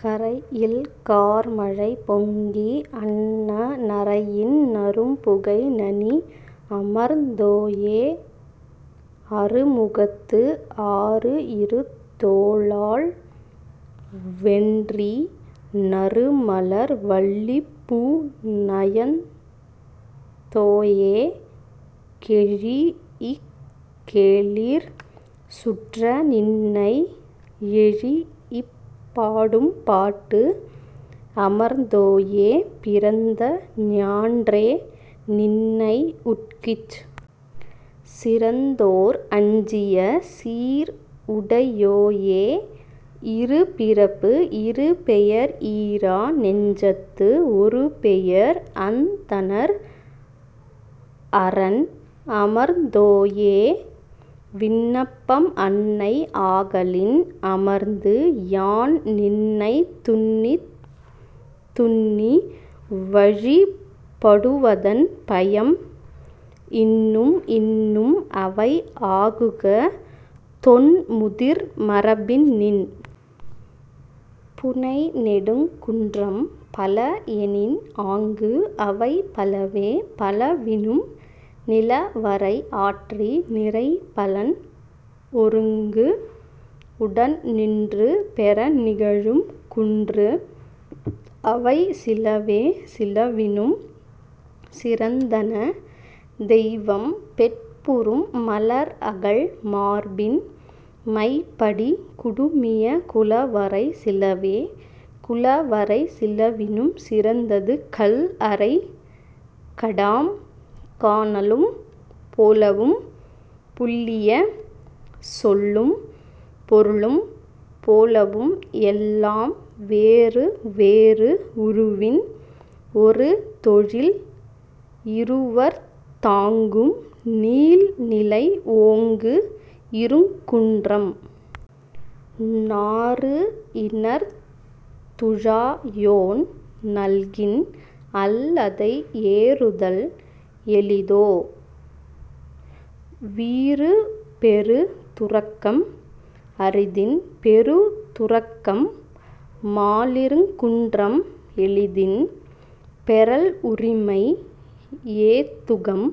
கறை இல் கார் மழை பொங்கி அன்ன நறையின் நறும் புகை நனி அமர்ந்தோயே அறு முகத்து ஆறுஇரு தோளால் வென்றி நறு மலர் வள்ளிப் பூ நயந்தோயே கெழீஇக் கேளிர் சுற்ற நின்னை எழீஇப் பாடும் பாட்டு அமர்ந்தோயே பிறந்த ஞான்றே நின்னை உட்கிச் சிறந்தோர் அஞ்சிய சீர் உடையோயே இரு பிறப்பு இரு பெயர் ஈர நெஞ்சத்து ஒரு பெயர் அந்தணர் அறன் அமர்ந்தோயே விண்ணப்பம் அன்னை ஆகலின் அமர்ந்து யாம் நின்னை துன்னித் துன்னி வழிபடுவதன் பயம் இன்னும் இன்னும் அவை ஆகுக தொன் முதிர் மரபின் நின் புனை நெடுங் குன்றம் பல எனின், ஆங்கு அவை பலவே: பலவினும், நிலவரை ஆற்றி, நிறை பயன் ஒருங்கு உடன் நின்று பெற நிகழும் குன்று அவை சிலவே: சிலவினும் சிறந்தன, தெய்வம் பெட்புறும் மலர் அகல் மார்பின் மை படி குடுமிய குல வரை சிலவே குல வரை சிலவினும் சிறந்தது கல் அறை கடாம் கானலும் போலவும் புல்லிய சொல்லும் பொருளும் போலவும் எல்லாம் வேறு வேறு உருவின் ஒரு தொழில் இருவர்த் தாங்கும் நீள் நிலை ஓங்கு இருங்குன்றம். நாறு இணர்த் துழாயோன் நல்கின் அல்லதை ஏறுதல் எளிதோ வீறு பெறு துறக்கம்? அரிதின் பெறு துறக்கம் மாலிருங்குன்றம் எளிதின் பெறல் உரிமை ஏத்துகம்,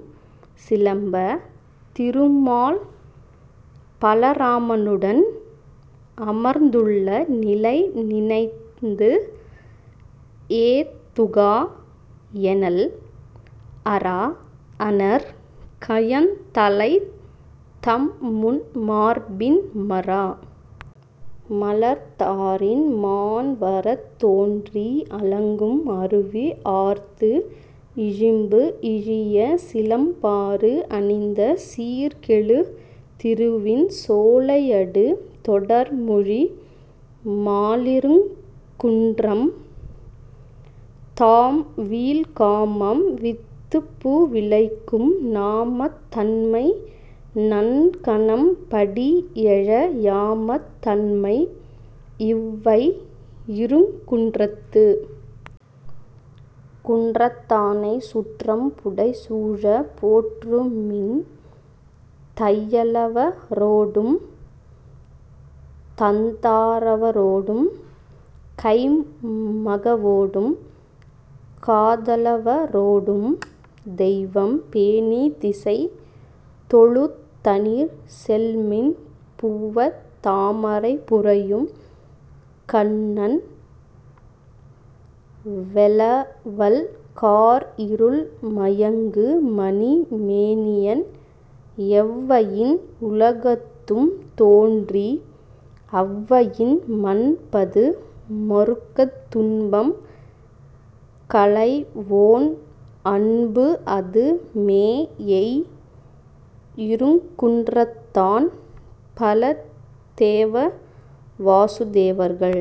சிலம்ப. திருமால் பலராமனுடன் அமர்ந்துள்ள நிலை நினைந்து ஏத்துகா எனல் அரா அணர் கயந் தலைத் தம்முன் மார்பின் மரா மலர்த்தாரின் மாண் வரத் தோன்றி அலங்கும் அருவி ஆர்த்து இமிழ்பு இழிய சிலம்பாறு அணிந்த சீர் கெழு திருவின் சோலையடு தொடர் மொழி மாலிருங்குன்றம் தாம் வீழ் காமம் வித்துபு விளைக்கும் நாமத் தன்மை நன்கனம் படி எழ யாமத் தன்மை இவ் ஐ இருங்குன்றத்து குன்றத்தானைச் சுற்றம் புடை சூழப் போற்றுமின் தையலவரொடும், தந்தாரவரொடும் கைம் மகவோடும், காதலவரொடும் தெய்வம் பேணித் திசை தொழுதனிர் செல்மின் புவ்வத் தாமரை புரையும் கண்ணன் வௌவல் கார் இருள் மயங்கு மணி மேனியன் எவ்வயின் உலகத்தும் தோன்றி அவ் வயின் மன்பது மறுக்கத் துன்பம் களைவோன் அன்புஅது மேஎய் இருங்குன்றத்தான். பலதேவ வாசுதேவர்கள்